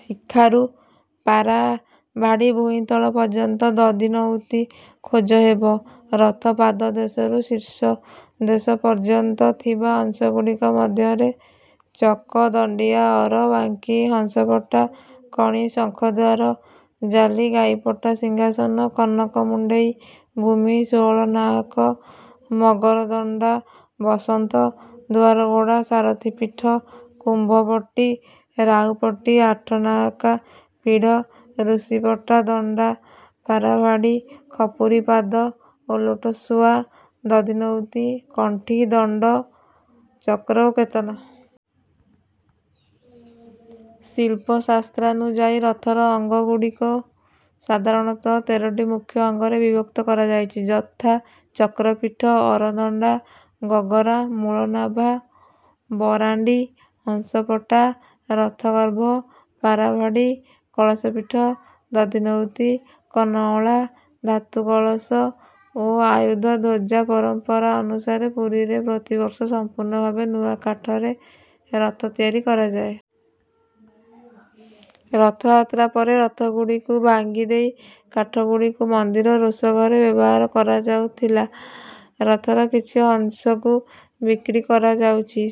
ଶିଖାରୁ ପାରାଭାଡ଼ି ଭୂଇଁ ତଳ ପର୍ଯ୍ୟନ୍ତ ଦଧିନଉତି ଖୋଜ ହେବ। ରଥ ପାଦଦେଶରୁ ଶୀର୍ଷଦେଶ ପର୍ଯ୍ୟନ୍ତ ଥିବା ଅଂଶଗୁଡ଼ିକ ମଧ୍ୟରେ - ଚକ, ଦଣ୍ଡିଆ, ଅର, ବାଙ୍କି, ହଂସପଟା, କଣି, ଶଙ୍ଖଦ୍ୱାର, ଜାଲି, ଗାଈପଟା, ସିଂହାସନ, କନକ ମୁଣ୍ଡେଇ, ଭୂମି, ଷୋହଳ ନାହାକ, ମଗରଦଣ୍ଡା, ବସନ୍ତ, ଦୁଆରଘୋଡ଼ା, ସାରଥୀ ପୀଠ, କୁମ୍ଭପଟି, ରାହୁପଟି, ଆଠ ନାହାକା, ପୀଢ଼, ଋଷିପଟା, ଦଣ୍ଡା, ପାରାଭାଡ଼ି, ଖପୁରୀ, ପାଦ, ଓଲଟ ଶୁଆ, ଦଧିନଉତି, କଣ୍ଠି, ଦଣ୍ଡ, ଚକ୍ର ଓ କେତନ। ଶିଳ୍ପଶାସ୍ତ୍ରାନୁଯାୟୀ ରଥର ଅଙ୍ଗଗୁଡ଼ିକୁ ସାଧାରଣତଃ ତେରଟି ମୁଖ୍ୟ ଅଙ୍ଗରେ ବିଭକ୍ତ କରାଯାଇଛି। ଯଥା ଚକ୍ରପୀଠ, ଅରଦଣ୍ଡା, ଗଗରା, ମୂଳନାଭ, ବରାଣ୍ଡି, ହଂସପଟା, ରଥଗର୍ଭ, ପାରାଭାଡ଼ି, କଳସ ପୀଠ, ଦଧିନଉତି, କର୍ଣ୍ଣଅଁଳା, ଧାତୁ କଳସ ଓ ଆୟୁଧ ଧ୍ୱଜା। ପରମ୍ପରା ଅନୁସାରେ ପୁରୀରେ ପ୍ରତିବର୍ଷ ସମ୍ପୂର୍ଣ୍ଣ ଭାବେ ନୂଆ କାଠରେ ରଥ ତିଆରି କରାଯାଏ। ରଥଯାତ୍ରା ପରେ ରଥଗୁଡ଼ିକୁ ଭାଙ୍ଗି ଦେଇ, କାଠଗୁଡ଼ିକୁ ମନ୍ଦିର ରୋଷଘରେ ବ୍ୟବହାର କରାଯାଉଥିଲା, ରଥର କିଛି ଅଂଶକୁ ବିକ୍ରି କରାଯାଉଛି।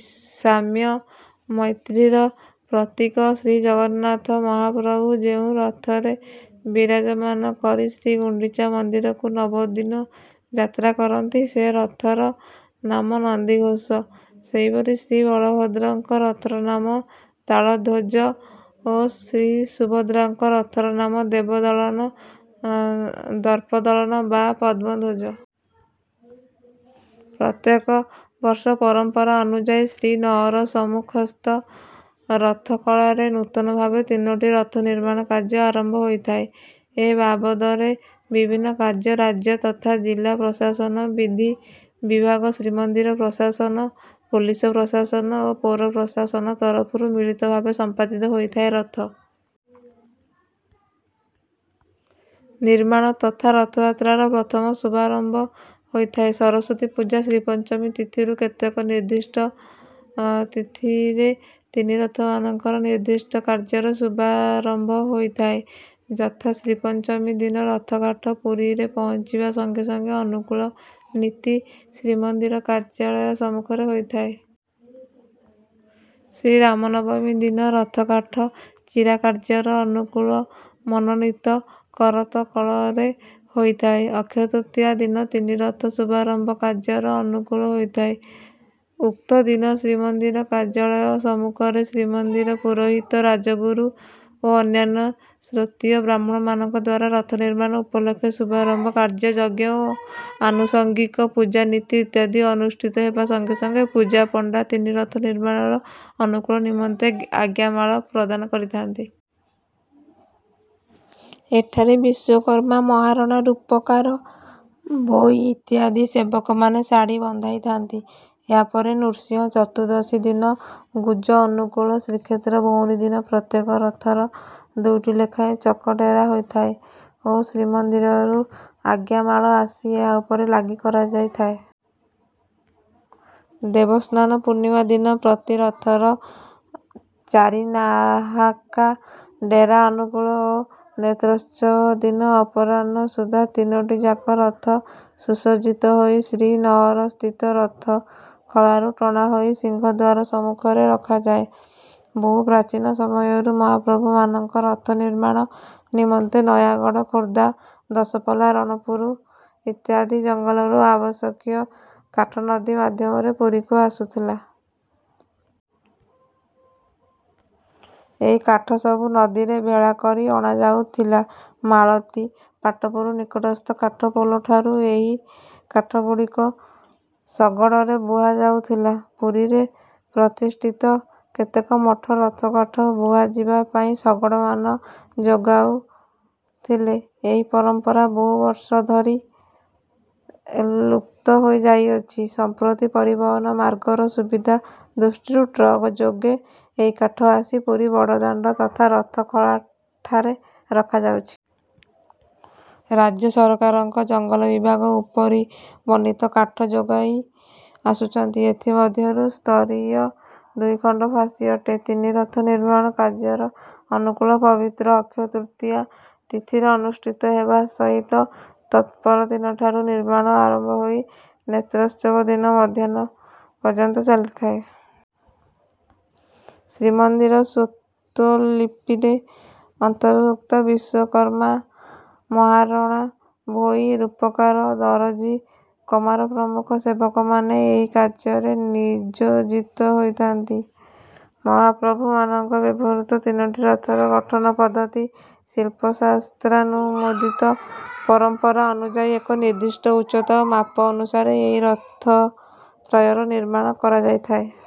ସାମ୍ୟ-ମୈତ୍ରୀର ପ୍ରତୀକ ଶ୍ରୀଜଗନ୍ନାଥ ମହାପ୍ରଭୁ ଯେଉଁ ରଥରେ ବିରାଜମାନ କରି ଶ୍ରୀଗୁଣ୍ଡିଚା ମନ୍ଦିରକୁ ନବଦିନ ଯାତ୍ରା କରନ୍ତି, ସେ ରଥର ନାମ ନନ୍ଦିଘୋଷ। ସେହିପରି ଶ୍ରୀବଳଭଦ୍ରଙ୍କ ରଥର ନାମ ତାଳଧ୍ୱଜ ଓ ଶ୍ରୀସୁଭଦ୍ରାଙ୍କ ରଥର ନାମ ଦେବଦଳନ, ଦର୍ପଦଳନ ବା ପଦ୍ମଧ୍ୱଜ। ପ୍ରତ୍ୟେକ ବର୍ଷ ପରମ୍ପରା ଅନୁଯାୟୀ ଶ୍ରୀନଅର ସମ୍ମୁଖସ୍ଥ ରଥଖଳାରେ ନୂତନ ଭାବେ ତିନୋଟି ରଥ ନିର୍ମାଣ କାର୍ଯ୍ୟ ଆରମ୍ଭ ହୋଇଥାଏ। ଏ ବାବଦରେ ବିଭିନ୍ନ କାର୍ଯ୍ୟ ରାଜ୍ୟ ତଥା ଜିଲ୍ଲା ପ୍ରଶାସନ, ବିଧି ବିଭାଗ, ଶ୍ରୀମନ୍ଦିର ପ୍ରଶାସନ, ପୋଲିସ ପ୍ରଶାସନ ଓ ପୌର ପ୍ରଶାସନ ତରଫରୁ ମିଳିତ ଭାବେ ସମ୍ପାଦିତ ହୋଇଥାଏ। ରଥ ନିର୍ମାଣ ତଥା ରଥଯାତ୍ରାର ପ୍ରଥମ ଶୁଭାରମ୍ଭ ହୋଇଥାଏ ସରସ୍ୱତୀ ପୂଜା ଶ୍ରୀପଞ୍ଚମୀ ତିଥିରୁ। କେତେକ ନିର୍ଦ୍ଦିଷ୍ଟ ତିଥିରେ ତିନି ରଥମାନଙ୍କର ନିର୍ଦ୍ଦିଷ୍ଟ କାର୍ଯ୍ୟର ଶୁଭାରମ୍ଭ ହୋଇଥାଏ। ଯଥା ଶ୍ରୀପଞ୍ଚମୀ ଦିନ ରଥକାଠ ପୁରୀରେ ପହଞ୍ଚିବା ସଙ୍ଗେ ସଙ୍ଗେ ଅନୁକୂଳ ନୀତି ଶ୍ରୀମନ୍ଦିର କାର୍ଯ୍ୟାଳୟ ସମ୍ମୁଖରେ ହୋଇଥାଏ। ଶ୍ରୀରାମ ନବମୀ ଦିନ ରଥକାଠ ଚିରା କାର୍ଯ୍ୟର ଅନୁକୂଳ ମନୋନୀତ କରତ କଳରେ ହୋଇଥାଏ। ଅକ୍ଷୟ ତୃତୀୟା ଦିନ ତିନି ରଥ ଶୁଭାରମ୍ଭ କାର୍ଯ୍ୟର ଅନୁକୂଳ ହୋଇଥାଏ। ଉକ୍ତ ଦିନ ଶ୍ରୀମନ୍ଦିର କାର୍ଯ୍ୟାଳୟ ସମ୍ମୁଖରେ ଶ୍ରୀମନ୍ଦିର ପୁରୋହିତ, ରାଜଗୁରୁ ଓ ଅନ୍ୟାନ୍ୟ ଶ୍ରୋତ୍ରୀୟ ବ୍ରାହ୍ମଣମାନଙ୍କ ଦ୍ୱାରା ରଥ ନିର୍ମାଣ ଉପଲକ୍ଷେ ଶୁଭାରମ୍ଭ କାର୍ଯ୍ୟ ଯଜ୍ଞ ଓ ଆନୁଷଙ୍ଗିକ ପୂଜା-ନୀତି ଇତ୍ୟାଦି ଅନୁଷ୍ଠିତ ହେବା ସଙ୍ଗେ ସଙ୍ଗେ ପୂଜାପଣ୍ଡା ତିନି ରଥ ନିର୍ମାଣର ଅନୁକୂଳ ନିମନ୍ତେ ଆଜ୍ଞାମାଳ ପ୍ରଦାନ କରିଥାନ୍ତି। ଏଠାରେ ବିଶ୍ୱକର୍ମା ମହାରଣା, ରୂପକାର, ଭୋଇ ଇତ୍ୟାଦି ସେବକମାନେ ଶାଢ଼ୀ ବନ୍ଧାଇଥାନ୍ତି। ଏହା ପରେ ନୃସିଂହ ଚତୁର୍ଦ୍ଦଶୀ ଦିନ ଗୁଜ ଅନୁକୂଳ, ଶ୍ରୀକ୍ଷେତ୍ର ଭଉଁରୀ ଦିନ ପ୍ରତ୍ୟେକ ରଥର ଦୁଇଟି ଲେଖାଏଁ ଚକ ଡେରା ହୋଇଥାଏ ଓ ଶ୍ରୀମନ୍ଦିରରୁ ଆଜ୍ଞାମାଳ ଆସି ଏହା ଉପରେ ଲାଗି କରାଯାଇଥାଏ। ଦେବସ୍ନାନ ପୂର୍ଣ୍ଣିମା ଦିନ ପ୍ରତି ରଥର ଚାରିନାହାକା ଡେରା ଅନୁକୂଳ ଓ ନେତ୍ରୋତ୍ସବ ଦିନ ଅପରାହ୍ନ ସୁଦ୍ଧା ତିନୋଟି ଯାକ ରଥ ସୁସଜ୍ଜିତ ହୋଇ ଶ୍ରୀନଅର ସ୍ଥିତ ରଥଖଳାରୁ ଟଣା ହୋଇ ସିଂହଦ୍ୱାର ସମ୍ମୁଖରେ ରଖାଯାଏ। ବହୁ ପ୍ରାଚୀନ ସମୟରୁ ମହାପ୍ରଭୁମାନଙ୍କ ରଥ ନିର୍ମାଣ ନିମନ୍ତେ ନୟାଗଡ଼, ଖୋର୍ଦ୍ଧା, ଦଶପଲ୍ଲା, ରଣପୁର ଇତ୍ୟାଦି ଜଙ୍ଗଲରୁ ଆବଶ୍ୟକୀୟ କାଠ ନଦୀ ମାଧ୍ୟମରେ ପୁରୀକୁ ଆସୁଥିଲା। ଏହି କାଠସବୁ ନଦୀରେ ଭେଳା କରି ଅଣାଯାଉଥିଲାମାଳତିପାଟପୁର ନିକଟସ୍ଥ କାଠ ପୋଲଠାରୁ ଏହି କାଠଗୁଡ଼ିକ ଶଗଡ଼ରେ ବୁହାଯାଉଥିଲା। ପୁରୀରେ ପ୍ରତିଷ୍ଠିତ କେତେକ ମଠ ରଥକାଠ ବୁହାଯିବା ପାଇଁ ଶଗଡ଼ମାନ ଯୋଗାଉଥିଲେ। ଏହି ପରମ୍ପରା ବହୁ ବର୍ଷ ଧରି ଲୁପ୍ତ ହୋଇଯାଇଅଛି। ସମ୍ପ୍ରତି ପରିବହନ ମାର୍ଗର ସୁବିଧା ଦୃଷ୍ଟିରୁ ଟ୍ରକ୍ ଯୋଗେ ଏହି କାଠ ଆସି ପୁରୀ ବଡ଼ଦାଣ୍ଡ ତଥା ରଥଖଳାଠାରେ ରଖାଯାଉଛି। ରାଜ୍ୟ ସରକାରଙ୍କ ଜଙ୍ଗଲ ବିଭାଗ ଉପରିବର୍ଣ୍ଣିତ କାଠ ଯୋଗାଇ ଆସୁଛନ୍ତି, ଏଥି ମଧ୍ୟରୁ ସ୍ତରୀୟ ଦୁଇ ଖଣ୍ଡ ଫାସୀ ଅଟେ। ତିନି ରଥ ନିର୍ମାଣ କାର୍ଯ୍ୟର ଅନୁକୂଳ ପବିତ୍ର ଅକ୍ଷୟ ତୃତୀୟା ତିଥିରେ ଅନୁଷ୍ଠିତ ହେବା ସହିତ ତତ୍‌ପରଦିନଠାରୁ ନିର୍ମାଣ ଆରମ୍ଭ ହୋଇ ନେତ୍ରୋତ୍ସବ ଦିନ ମଧ୍ୟାହ୍ନ ପର୍ଯ୍ୟନ୍ତ ଚାଲିଥାଏ। ଶ୍ରୀମନ୍ଦିରର ସ୍ୱତ୍ତ୍ୱଲିପିରେ ଅନ୍ତର୍ଭୁକ୍ତବିଶ୍ୱକର୍ମାମହାରଣା, ଭୋଇ, ରୂପକାର, ଦରଜି, କମାର ପ୍ରମୁଖ ସେବକମାନେ ଏହି କାର୍ଯ୍ୟରେ ନିଯୋଜିତ ହୋଇଥାନ୍ତି। ମହାପ୍ରଭୁମାନଙ୍କ ବ୍ୟବହୃତ ତିନୋଟି ରଥର ଗଠନ ପଦ୍ଧତି ଶିଳ୍ପଶାସ୍ତ୍ରାନୁମୋଦିତ। ପରମ୍ପରା ଅନୁଯାୟୀ ଏକ ନିର୍ଦ୍ଦିଷ୍ଟ ଉଚ୍ଚତା ଓ ମାପ ଅନୁସାରେ ଏହି ରଥତ୍ରୟର ନିର୍ମାଣ କରାଯାଇଥାଏ।